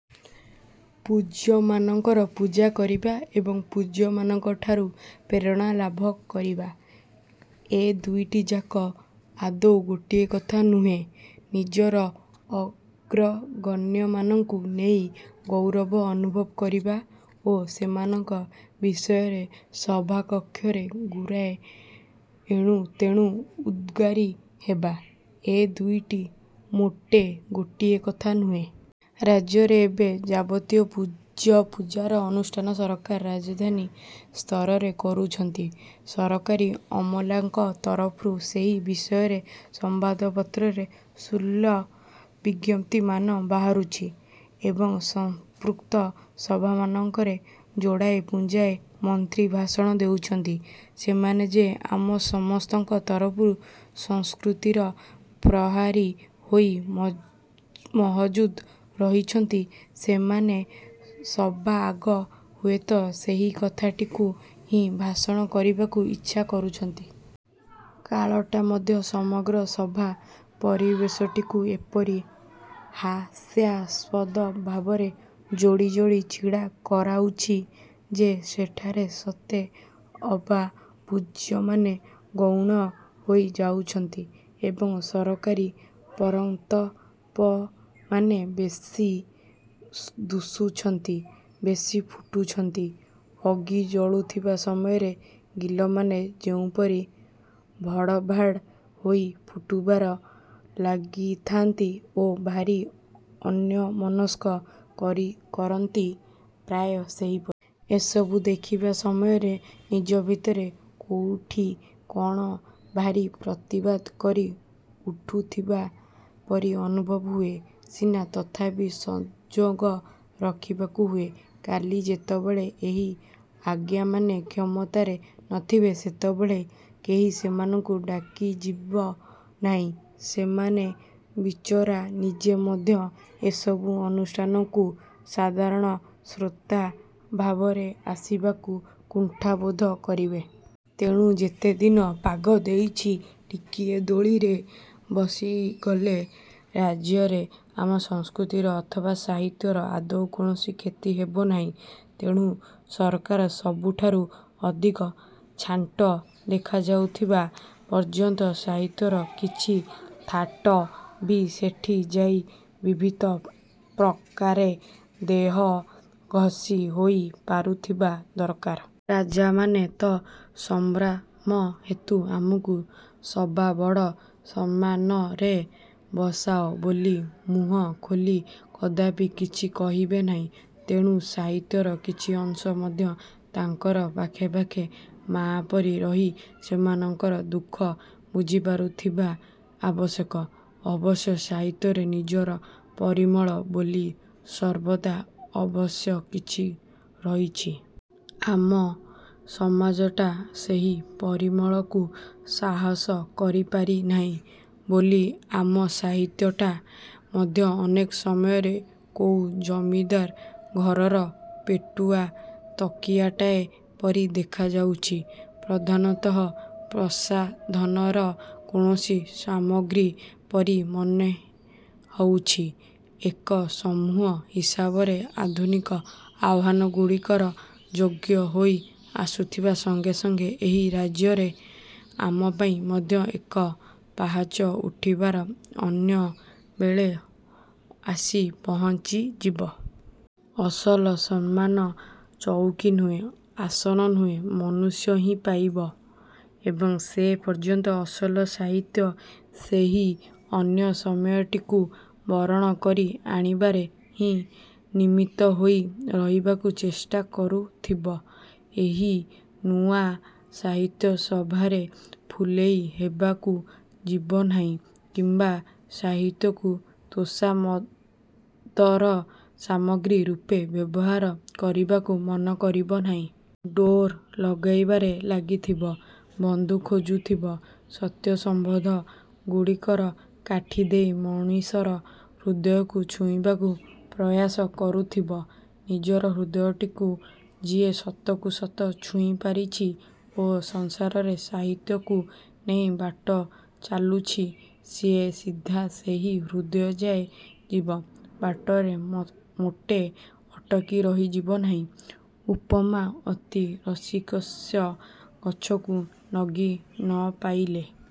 ପୂଜ୍ୟମାନଙ୍କର ପୂଜା କରିବା ଏବଂ ପୂଜ୍ୟମାନଙ୍କ ଠାରୁ ପ୍ରେରଣା ଲାଭ କରିବା, ଏ ଦୁଇଟିଯାକ ଆଦୌ ଗୋଟିଏ କଥା ନୁହେଁ। ନିଜର ଅଗ୍ରଗଣ୍ୟମାନଙ୍କୁ ନେଇ ଗୌରବ ଅନୁଭବ କରିବା ଓ ସେମାନଙ୍କ ବିଷୟରେ ସଭାକକ୍ଷରେ ଗୁରାଏ ଏଣୁ ତେଣୁ ଉଦଗାରି ହେବା, ଏ ଦୁଇଟା ମୋଟେ ଗୋଟିଏ କଥା ନୁହେଁ। ରାଜ୍ୟରେ ଏବେ ଯାବତୀୟ ପୂଜ୍ୟ ପୂଜାର ଅନୁଷ୍ଠାନ ସରକାର ରାଜଧାନୀ ସ୍ତରରେ କରୁଛନ୍ତି। ସରକାରୀ ଅମଲାଙ୍କ ତରଫରୁ ସେହି ବିଷୟରେ ସମ୍ବାଦପତ୍ରରେ ସ୍ଥୂଳ ବିଜ୍ଞପ୍ତିମାନ ବାହାରୁଛି। ଏବଂ ସମ୍ପୃକ୍ତ ସଭାମାନଙ୍କରେ ଯୋଡ଼ାଏ ପୁଞ୍ଜାଏ ମନ୍ତ୍ରୀ ଭାଷଣ ଦେଉଛନ୍ତି। ସେମାନେ ଯେ ଆମ ସମସ୍ତଙ୍କ ତରଫରୁ ସଂସ୍କୃତିର ପ୍ରହରୀ ହୋଇ ମହଜୁଦ ରହିଛନ୍ତି, ସେମାନେ ସବାଆଗ ହୁଏତ ସେହି କଥାଟିକୁ ହିଁ ଘୋଷଣା କରିବାକୁ ଇଚ୍ଛା କରୁଛନ୍ତି। କାଳଟା ମଧ୍ୟ ସମଗ୍ର ସଭା ପରିବେଶଟିକୁ ଏପରି ହାସ୍ୟାସ୍ପଦ ଭାବରେ ଯୋଡ଼ି ଯୋଡ଼ି ଛିଡ଼ା କରାଉଛି ଯେ, ସେଠାରେ ସତେ ଅବା ପୂଜ୍ୟମାନେ ଗୌଣ ହୋଇ ଯାଉଛନ୍ତି ଏବଂ ସରକାରୀ ପରଂତପମାନେ ବେଶୀ ଦୁଶୁଛନ୍ତି, ବେଶୀ ଫୁଟୁଛନ୍ତି। ଅଗି ଜଳୁଥିବା ସମୟରେ ଗିଲମାନେ ଯେଉଁପରି ଭଡ଼ଭାଡ଼ ହୋଇ ଫୁଟିବାରେ ଲାଗିଥାନ୍ତି ଓ ଭାରି ଅନ୍ୟମନସ୍କ କରନ୍ତି ପ୍ରାୟ ସେହିପରି। ଏସବୁ ଦେଖିବା ସମୟରେ ନିଜ ଭିତରେ କୋଉଠି କଣ ଭାରି ପ୍ରତିବାଦ କରି ଉଠୁଥିବା ପରି ଅନୁଭବ ହୁଏ ସିନା ତଥାପି ସଂଯୋଗ ରଖିବାକୁ ହୁଏ। କାଲି ଯେତେବେଳେ ଏହି ଆଜ୍ଞାମାନେ କ୍ଷମତାରେ ନଥିବେ, ସେତେବେଳେ କେହି ସେମାନଙ୍କୁ ଡାକିଯିବ ନାହିଁ, ସେମାନେ ବିଚରା ନିଜେ ମଧ୍ୟ ଏସବୁ ଅନୁଷ୍ଠାନକୁ ସାଧାରଣ ଶ୍ରୋତା ଭାବରେ ଆସିବାକୁ କୁଣ୍ଠାବୋଧ କରିବେ। ତେଣୁ ଯେତେଦିନ ପାଗ ଦେଇଛି, ଟିକିଏ ଦୋଳିରେ ବସିଗଲେ ରାଜ୍ୟରେ ଆମ ସଂସ୍କୃତିର ଅଥବା ସାହିତ୍ୟର ଆଦୌ କୌଣସି କ୍ଷତି ହେବନାହିଁ। ତେଣୁ ସରକାର ସବୁଠାରୁ ଅଧିକ ଛାଣ୍ଟ ଦେଖାଯାଉଥିବା ପର୍ଯ୍ୟନ୍ତ ସାହିତ୍ୟର କିଛି ଥାଟ ବି ସେଠି ଯାଇ ବିହିତ ପ୍ରକାରେ ଦେହ ଘଷି ହୋଇ ପାରୁଥିବା ଦରକାର। ରାଜାମାନେ ତ ସମ୍ଭ୍ରମ ହେତୁ ଆମକୁ ସବା ବଡ଼ ସମ୍ମାନରେ ବସାଅ ବୋଲି ମୁହଁ ଖୋଲି କଦାପି କିଛି କହିବେ ନାହିଁ, ତେଣୁ ସାହିତ୍ୟର କିଛି ଅଂଶ ମଧ୍ୟ ତାଙ୍କର ପାଖେ ପାଖେ ମାଆ ପରି ରହି ସେମାନଙ୍କର ଦୁଃଖ ବୁଝିପାରୁଥିବା ଆବଶ୍ୟକ। ଅବଶ୍ୟ ସାହିତ୍ୟରେ ନିଜର ପରିମଳ ବୋଲି ସର୍ବଦା ଅବଶ୍ୟ କିଛି ରହିଛି। ଆମ ସମାଜଟା ସେହି ପରିମଳକୁ ସାହସ କରିପାରି ନାହିଁ ବୋଲି ଆମ ସାହିତ୍ୟଟା ମଧ୍ୟ ଅନେକ ସମୟରେ କୋଉ ଜମିଦାର ଘରର ପେଟୁଆ ତକିଆଟାଏ ପରି ଦେଖାଯାଉଛି। ପ୍ରଧାନତଃ ପ୍ରସାଧନର କୌଣସି ସାମଗ୍ରୀ ପରି ମନେହେଉଛି। ଏକ ସମୂହ ହିସାବରେ ଆଧୁନିକ ଆହ୍ୱାନଗୁଡ଼ିକର ଯୋଗ୍ୟ ହୋଇ ଆସୁଥିବା ସଂଗେ ସଂଗେ ଏହି ରାଜ୍ୟରେ ଆମ ପାଇଁ ମଧ୍ୟ ଏକ ପାହାଚ ଉଠିବାର ଅନ୍ୟ ବେଳ ଆସି ପହଞ୍ଚିଯିବ। ଅସଲ ସମ୍ମାନ ଚଉକି ନୁହେଁ, ଆସନ ନୁହେଁ, ମନୁଷ୍ୟ ହିଁ ପାଇବ। ଏବଂ ସେ ପର୍ଯ୍ୟନ୍ତ ଅସଲ ସାହିତ୍ୟ ସେହି ଅନ୍ୟ ସମୟଟିକୁ ବରଣ କରି ଆଣିବାରେ ହିଁ ନିମିତ୍ତ ହୋଇ ରହିବାକୁ ଚେଷ୍ଟା କରୁଥିବ। ଏହି ନୂଆ ସାହିତ୍ୟ ସଭାରେ ଫୁଲେଇ ହେବାକୁ ଯିବନାହିଁ କିମ୍ବା ସାହିତ୍ୟକୁ ତୋଷାମଦର ସାମଗ୍ରୀ ରୂପେ ବ୍ୟବହାର କରିବାକୁ ମନ କରିବ ନାହିଁ। ଡୋର ଲଗାଇବାରେ ଲାଗିଥିବ, ବନ୍ଧୁ ଖୋଜୁଥିବ, ସତ୍ୟ ସମ୍ବନ୍ଧ ଗୁଡ଼ିକର କାଠି ଦେଇ ମଣିଷର ହୃଦୟକୁ ଛୁଇଁବାକୁ ପ୍ରୟାସ କରୁଥିବ। ନିଜର ହୃଦୟଟିକୁ ଯିଏ ସତକୁ ସତ ଛୁଇଁପାରିଛି ଓ ସଂସାରରେ ସାହିତ୍ୟକୁ ନେଇ ବାଟ ଚାଲୁଛି, ସିଏ ସିଧା ସେହି ହୃଦୟ ଯାଏ ଯିବ। ବାଟରେ ମୋଟେ ଅଟକି ରହିଯିବ ନାହିଁ । ଉପମା ଅତିରସିକସ୍ୟ ଗଛକୁ ନଗି ନପାଇଲେ